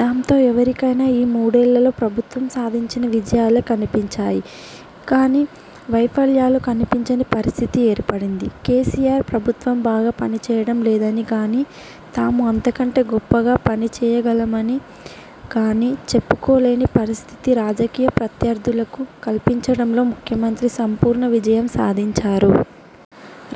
దాంతో ఎవరికైనా ఈ మూడేళ్లలో ప్రభుత్వం సాధించిన విజయాలే కనిపించాయి గానీ వైఫల్యాలు కనిపించని పరిస్థితి ఏర్పడింది. కేసీఆర్ ప్రభుత్వం బాగా పనిచేయడం లేదని గానీ, తాము అంతకంటే గొప్పగా పని చేయగలమని గానీ చెప్పుకోలేని పరిస్థితి రాజకీయ ప్రత్యర్థులకు కల్పించడంలో ముఖ్యమంత్రి సంపూర్ణ విజయం సాధించారు.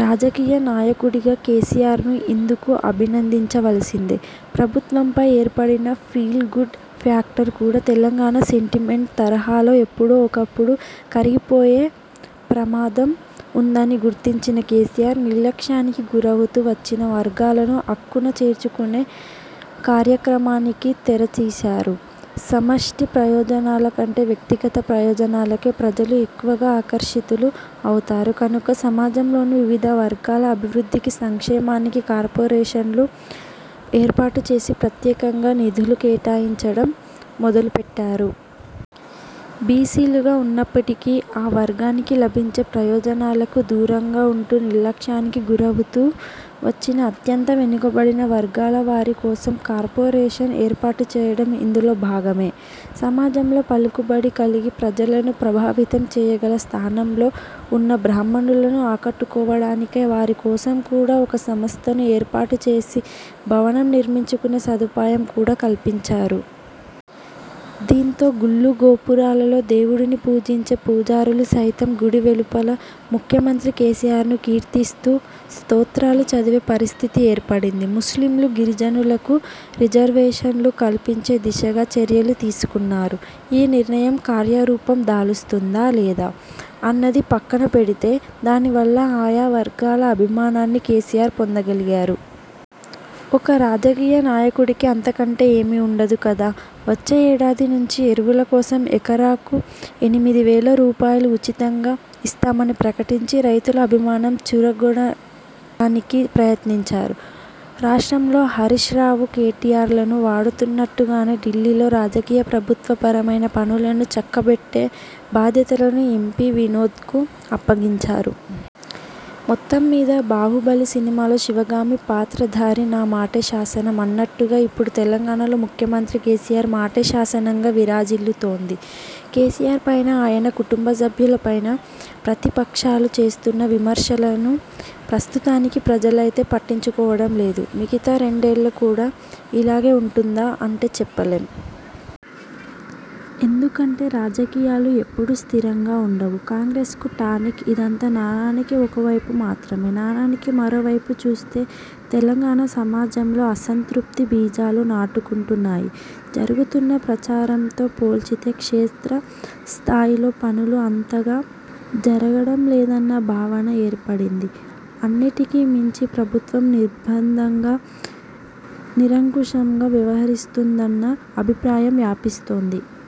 రాజకీయ నాయకుడిగా కేసీఆర్ను ఇందుకు అభినందించవలసిందే! ప్రభుత్వంపై ఏర్పడిన ఫీల్ గుడ్ ఫ్యాక్టర్ కూడా తెలంగాణ సెంటిమెంట్ తరహాలో ఎప్పుడో ఒకప్పుడు కరిగిపోయే ప్రమాదం ఉందని గుర్తించిన కేసీఆర్, నిర్లక్ష్యానికి గురవుతూ వచ్చిన వర్గాలను అక్కున చేర్చుకునే కార్యక్రమానికి తెర తీశారు. సమష్టి ప్రయోజనాల కంటే వ్యక్తిగత ప్రయోజనాలకే ప్రజలు ఎక్కువగా ఆకర్షితులు అవుతారు కనుక సమాజంలోని వివిధ వర్గాల అభివృద్ధికి, సంక్షేమానికి కార్పొరేషన్లు ఏర్పాటు చేసి ప్రత్యేకంగా నిధులు కేటాయించడం మొదలుపెట్టారు. బీసీలుగా ఉన్నప్పటికీ ఆ వర్గానికి లభించే ప్రయోజనాలకు దూరంగా ఉంటూ నిర్లక్ష్యానికి గురవుతూ వచ్చిన అత్యంత వెనుకబడిన వర్గాలవారి కోసం కార్పొరేషన్ ఏర్పాటుచేయడం ఇందులో భాగమే! సమాజంలో పలుకుబడి కలిగి ప్రజలను ప్రభావితం చేయగల స్థానంలో ఉన్న బ్రాహ్మణులను ఆకట్టుకోవడానికై వారి కోసం కూడా ఒక సంస్థను ఏర్పాటుచేసి, భవనం నిర్మించుకునే సదుపాయం కూడా కల్పించారు. దీంతో గుళ్లు- గోపురాలలో దేవుడిని పూజించే పూజారులు సైతం గుడి వెలుపల ముఖ్యమంత్రి కేసీఆర్ను కీర్తిస్తూ స్తోత్రాలు చదివే పరిస్థితి ఏర్పడింది. ముస్లింలు, గిరిజనులకు రిజర్వేషన్లు కల్పించే దిశగా చర్యలు తీసుకున్నారు. ఈ నిర్ణయం కార్యరూపం దాలుస్తుందా? లేదా? అన్నది పక్కనపెడితే దానివల్ల ఆయా వర్గాల అభిమానాన్ని కేసీఆర్ పొందగలిగారు. ఒక రాజకీయ నాయకుడికి అంతకంటే ఏమీ ఉండదు కదా! వచ్చే ఏడాది నుంచి ఎరువుల కోసం ఎకరాకు ఎనిమిది వేల రూపాయలు ఉచితంగా ఇస్తామని ప్రకటించి రైతుల అభిమానం చూరగొనడానికి ప్రయత్నించారు. రాష్ట్రంలో హరీశ్రావు, కేటీఆర్లను వాడుతున్నట్టుగానే ఢిల్లీలో రాజకీయ, ప్రభుత్వపరమైన పనులను చక్కబెట్టే బాధ్యతలను ఎంపీ వినోద్కు అప్పగించారు. మొత్తంమీద బాహుబలి సినిమాలో శివగామి పాత్రధారి 'నా మాటే శాసనం' అన్నట్టుగా ఇప్పుడు తెలంగాణలో ముఖ్యమంత్రి కేసీఆర్ మాటే శాసనంగా విరాజిల్లుతోంది. కేసీఆర్పైన ఆయన కుటుంబసభ్యులపైన ప్రతిపక్షాలు చేస్తున్న విమర్శలను ప్రస్తుతానికి ప్రజలైతే పట్టించుకోవడం లేదు. మిగతా రెండేళ్లు కూడా ఇలాగే ఉంటుందా? అంటే చెప్పలేం! ఎందుకంటే రాజకీయాలు ఎప్పుడూ స్థిరంగా ఉండవు. కాంగ్రెస్కు టానిక్! ఇదంతా నాణానికి ఒకవైపు మాత్రమే! నాణానికి మరోవైపు చూస్తే తెలంగాణ సమాజంలో అసంతృప్తి బీజాలు నాటుకుంటున్నాయి. జరుగుతున్న ప్రచారంతో పోల్చితే క్షేత్ర స్థాయిలో పనులు అంతగా జరగడం లేదన్న భావన ఏర్పడింది. అన్నింటికీ మించి ప్రభుత్వం నిర్బంధంగా, నిరంకుశంగా వ్యహరిస్తున్నదన్న అభిప్రాయం వ్యాపిస్తోంది.